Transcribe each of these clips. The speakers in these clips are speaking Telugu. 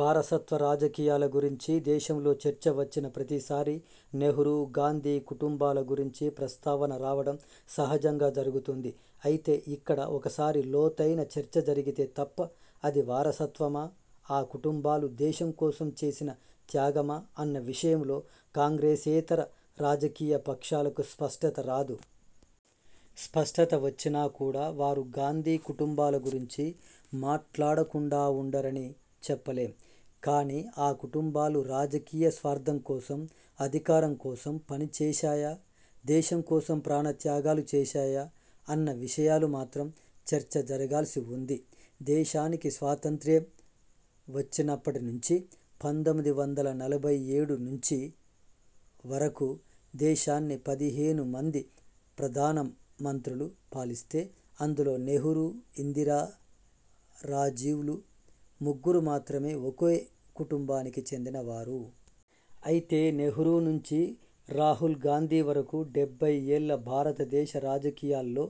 వారసత్వ రాజకీయాల గురించి దేశంలో చర్చ వచ్చిన ప్రతిసారీ నెహ్రూ, గాంధీ కుటుంబాల గురించి ప్రస్తావన రావడం సహజంగా జరుగుతుంది. అయితే ఇక్కడ ఒకసారి లోతైన చర్చ జరిగితే తప్ప అది వారసత్వమా, ఆ కుటుంబాలు దేశం కోసం చేసిన త్యాగమా అన్న విషయంలో కాంగ్రెసేతర రాజకీయ పక్షాలకు స్పష్టత రాదు. స్పష్టత వచ్చినా కూడా వారు గాంధీ కుటుంబాల గురించి మాట్లాడకుండా ఉండరని చెప్పలేం. కానీ, ఆ కుటుంబాలు రాజకీయ స్వార్థం కోసం, అధికారం కోసం పనిచేశాయా, దేశం కోసం ప్రాణ త్యాగాలు చేశాయా అన్న విషయాలు మాత్రం చర్చ జరగాల్సి ఉంది. దేశానికి స్వాతంత్రయం వచ్చినప్పటి నుంచి పంతొమ్మిది వందల నలభై ఏడు నుంచి వరకు దేశాన్ని పది హేను మంది ప్రధాన మంత్రులు పాలిస్తే అందులో నెహ్రూ, ఇందిరా, రాజీవ్లు ముగ్గురు మాత్రమే ఒకే కుటుంబానికి చెందిన వారు. అయితే నెహ్రూ నుంచి రాహుల్ గాంధీ వరకు డెబ్బై ఏళ్ళ భారతదేశ రాజకీయాల్లో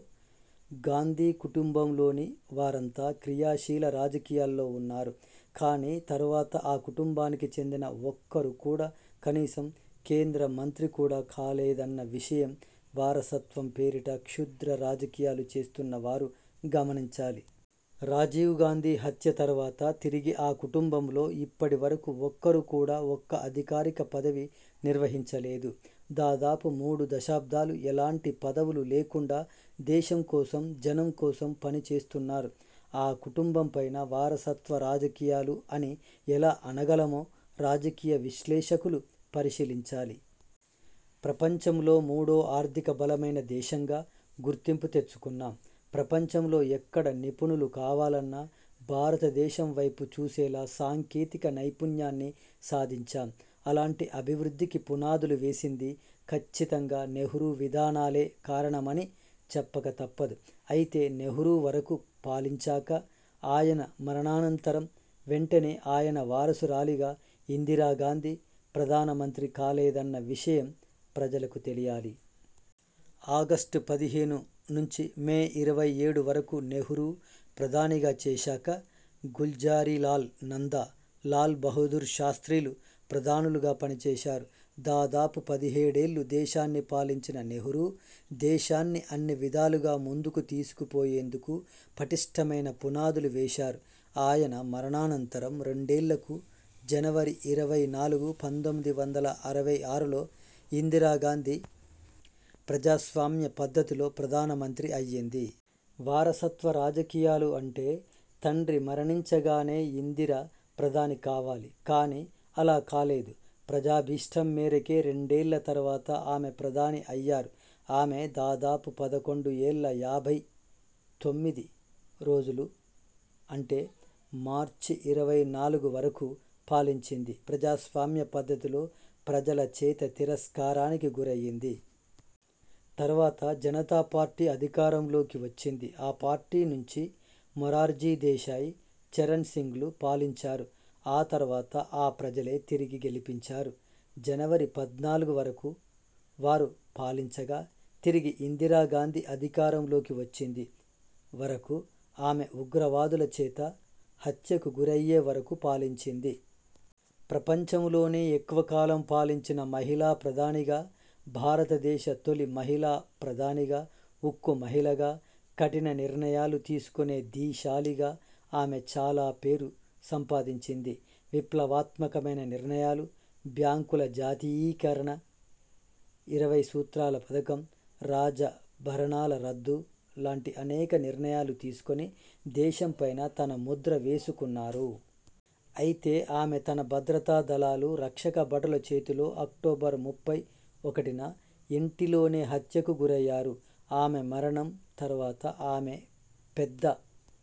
గాంధీ కుటుంబంలోని వారంతా క్రియాశీల రాజకీయాల్లో ఉన్నారు. కానీ తరువాత ఆ కుటుంబానికి చెందిన ఒక్కరు కూడా కనీసం కేంద్ర మంత్రి కూడా కాలేదన్న విషయం వారసత్వం పేరిట క్షుద్ర రాజకీయాలు చేస్తున్న వారు గమనించాలి. రాజీవ్ గాంధీ హత్య తరువాత తిరిగి ఆ కుటుంబంలో ఇప్పటి వరకు ఒక్కరు కూడా ఒక్క అధికారిక పదవి నిర్వహించలేదు. దాదాపు మూడు దశాబ్దాలు ఎలాంటి పదవులు లేకుండా దేశం కోసం, జనం కోసం పనిచేస్తున్నారు. ఆ కుటుంబం పైన వారసత్వ రాజకీయాలు అని ఎలా అనగలమో రాజకీయ విశ్లేషకులు పరిశీలించాలి. ప్రపంచంలో మూడో ఆర్థిక బలమైన దేశంగా గుర్తింపు తెచ్చుకున్నాం. ప్రపంచంలో ఎక్కడ నిపుణులు కావాలన్నా భారతదేశం వైపు చూసేలా సాంకేతిక నైపుణ్యాన్ని సాధించాం. అలాంటి అభివృద్ధికి పునాదులు వేసింది, ఖచ్చితంగా నెహ్రూ విధానాలే కారణమని చెప్పక తప్పదు. అయితే నెహ్రూ వరకు పాలించాక ఆయన మరణాంతరం వెంటనే ఆయన వారసురాలిగా ఇందిరాగాంధీ ప్రధానమంత్రి కాలేదన్న విషయం ప్రజలకు తెలియాలి. ఆగస్టు పదిహేను, నుంచి మే ఇరవై ఏడు, వరకు నెహ్రూ ప్రధానిగా చేశాక, గుల్జారీ లాల్ నందా, లాల్ బహుదూర్ శాస్ర్తిలు ప్రధానులుగా పనిచేశారు. దాదాపు పదిహేడుఏళ్ళు దేశాన్ని పాలించిన నెహ్రూ దేశాన్ని అన్నివిధాలుగా ముందుకు తీసుకు పోయేందుకు పటిష్ఠమైన పునాదులు వేశారు. ఆయన మర నాణాంతరం, రెండేళ్ళకు జనవరి ఇరవై నాలుగు, పంతొమ్మిది వందల అరవై ఆరులో ఇందిరా గాంధీ ప్రజాస్వామ్య పద్ధతిలో ప్రధాన మంత్రి అయ్యింది. వారసత్వ రాజకీయాలు అంటే తండ్రి మరణించగానే ఇందిర ప్రధాని కావాలి, కానీ అలా కాలేదు. ప్రజాభీష్టం మేరకే రెండేళ్ళ తరువాత ఆమె ప్రధాని అయ్యారు. ఆమె దాదాపు పదకొండు ఏళ్ళ యాభై తొమ్మిది రోజులు అంటే మార్చి ఇరవై నాలుగు వరకు పాలించింది. ప్రజాస్వామ్య పద్ధతిలో ప్రజల చేత తిరస్కారానికి గురయింది. తరువాత జనతా పార్టీ అధికారం లోకి వచ్చింది. ఆ పార్టీ నుంచి మొరార్జీ దేశాయి, చరణ్ సింగ్లు పాలించారు. ఆ తరువాత ఆ ప్రజలే తిరిగి గెలిపించారు. జనవరి పద్నాలుగు వరకు వారు పాలించగా, తిరిగి ఇందిరా గాంధీ అధికారంలోకి వచ్చింది. వరకు ఆమె ఉగ్రవాదుల చేత హత్యకు గురయ్యే వరకు పాలించింది. ప్రపంచంలోనే ఎక్కువ కాలం పాలించిన మహిళా ప్రధానిగా, భారత దేశ తొలి మహిళా ప్రధానిగా, ఉక్కు మహిళగా, కఠిన నిర్ణయాలు తీసుకునే ధీశాలిగా ఆమె చాలా పేరు సంపాదించింది. విప్లవాత్మకమైన నిర్ణయాలు బ్యాంకుల జాతీయీకరణ, ఇరవై సూత్రాల పథకం, రాజ భరణాల రద్దు లాంటి అనేక నిర్ణయాలు తీసుకొని దేశంపైన తన ముద్ర వేసుకున్నారు. అయితే ఆమె తన భద్రతా దళాలు, రక్షక భటుల చేతిలో అక్టోబర్ ముప్పై ఒకటిన ఇంటి లోనే హత్యకు గురయ్యారు. ఆమె మరణం తరు వాత ఆమె పెద్ద